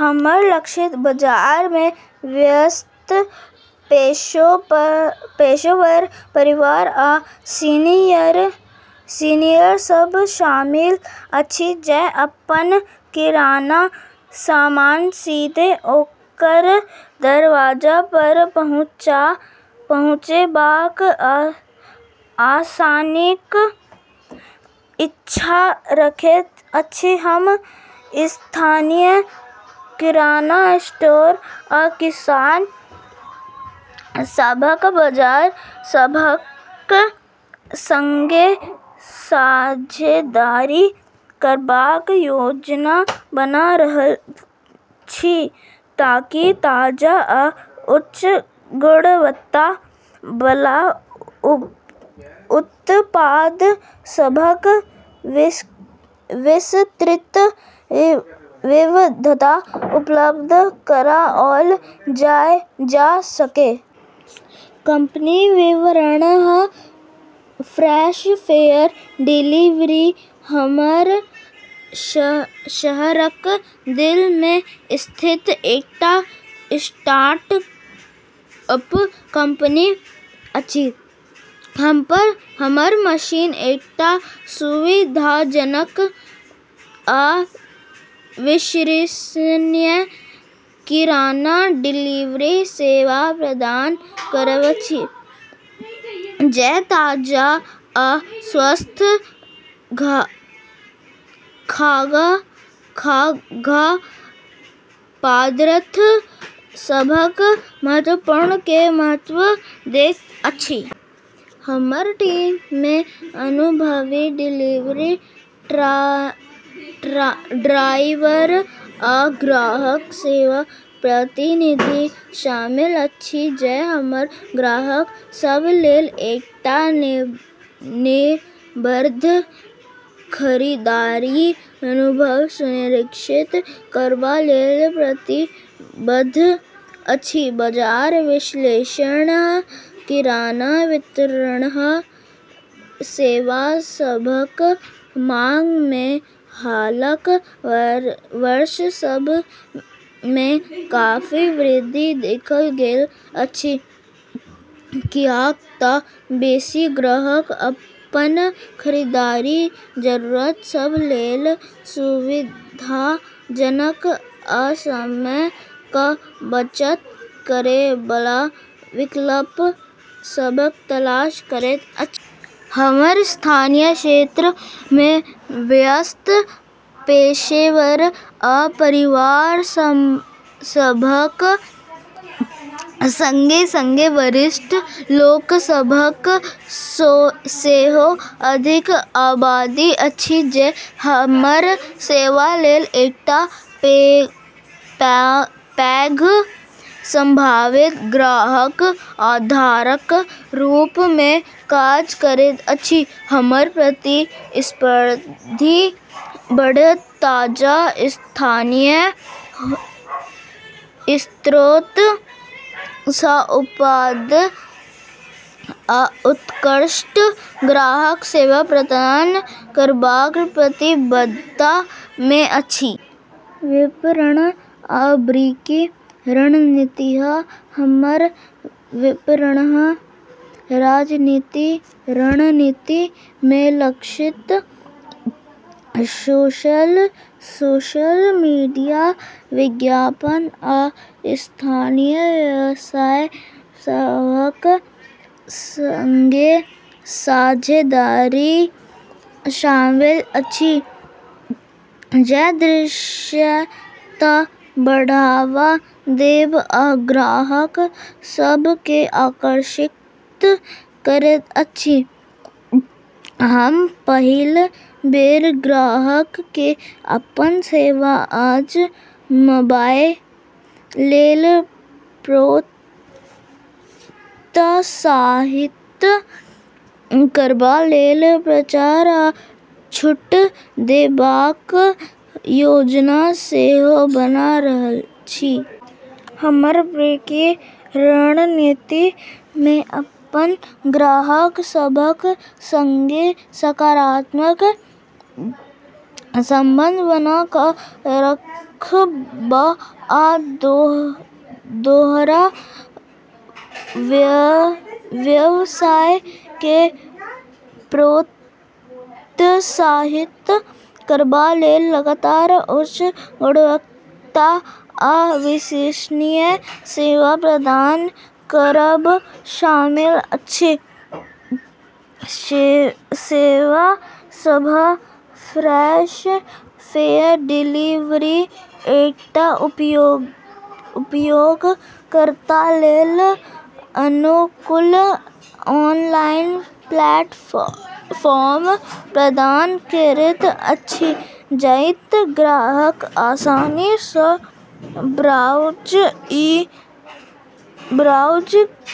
हमर लक्षित बाजार मे व्यस्त पेशेवर, परिवार, आ सीनियर सभ शामिल अछि जे अपन किराना सामान सीधे ओकर दरवाजा पर पहुँचैबाक आसानीक इच्छा रखैत अछि। हम स्थानीय किराना स्टोर आ किसान सभक बाजार सभक संगे साझेदारी करबाक योजना बना रहल छी ताकि ताजा आ उच्च गुणवत्ता बला उत्पाद सभक विस्तृत विविधता उपलब्ध कराओल जा सकए। कंपनी विवरण: फ्रेश फेयर डिलीवरी हमर शहरक दिल मे स्थित एकटा स्टार्टअप कंपनी अछि। हमर मिशन एकटा सुविधाजनक आ विश्वसनीय किराना डिलीवरी सेवा प्रदान करब अछि जे ताजा आ स्वस्थ खाद्य पदार्थ सभक महत्व केँ महत्व दैत अछि। हमर टीम मे अनुभवी डिलीवरी ड्राइवर आ ग्राहक सेवा प्रतिनिधि शामिल अछि जे हमर ग्राहक सभ लेल एकटा निर्बाध खरीदारी अनुभव सुनिश्चित करबा लेल प्रतिबद्ध अछि। बाजार विश्लेषण: किराना वितरण सेवा सभक मांग मे हालक वर्ष सभ मे काफी वृद्धि देखल गेल अछि, कियाक तँ बेसी ग्राहक अपन खरीदारीक जरूरत सभ लेल सुविधाजनक आ समयक बचत करै बला विकल्प सभक तलाश करैत अछि। हमर स्थानीय क्षेत्र मे व्यस्त पेशेवर आ परिवार सभक संगे-संगे वरिष्ठ लोक सभक सेहो अधिक आबादी अछि, जे हमर सेवा लेल एकटा पैघ संभावित ग्राहक आधारक रूप मे काज करैत अछि। हमर प्रतिस्पर्धी बढ़त ताजा, स्थानीय स्रोत सँ उत्पाद आ उत्कृष्ट ग्राहक सेवा प्रदान करबाक प्रतिबद्धता मे अछि। विपणन आ बिक्री रणनीति: हमर विपणन रणनीति मे लक्षित सोशल मीडिया विज्ञापन आ स्थानीय व्यवसाय सभक संगे साझेदारी शामिल अछि जे दृश्यता बढ़ावा देब आ ग्राहक सभ केँ आकर्षित करैत अछि। हम पहिल बेर ग्राहक केँ अपन सेवा आजमाबए लेल प्रोत्साहित करबा लेल प्रचार आ छूट देबाक योजना सेहो बना रहल छी। हमर बिक्री रणनीति मे अपन ग्राहक सभक संगे सकारात्मक संबंध बना कऽ रखब आ दोहरा व्यवसाय केँ प्रोत्साहित करबा लेल लगातार उच्च गुणवत्ता आ विश्वसनीय सेवा प्रदान करब शामिल अछि। सेवा सभ: फ्रेश फेयर डिलीवरी एकटा उपयोगकर्ता लेल अनुकूल ऑनलाइन प्लेटफॉर्म प्रदान करैत अछि जतए ग्राहक आसानी सँ ब्राउज़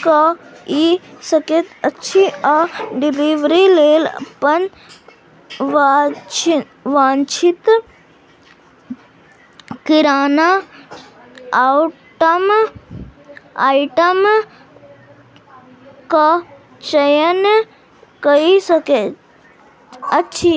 कइ सकैत अछि आ डिलीवरी लेल अपन वांछित किराना आइटम क चयन कइ सकैत अछि।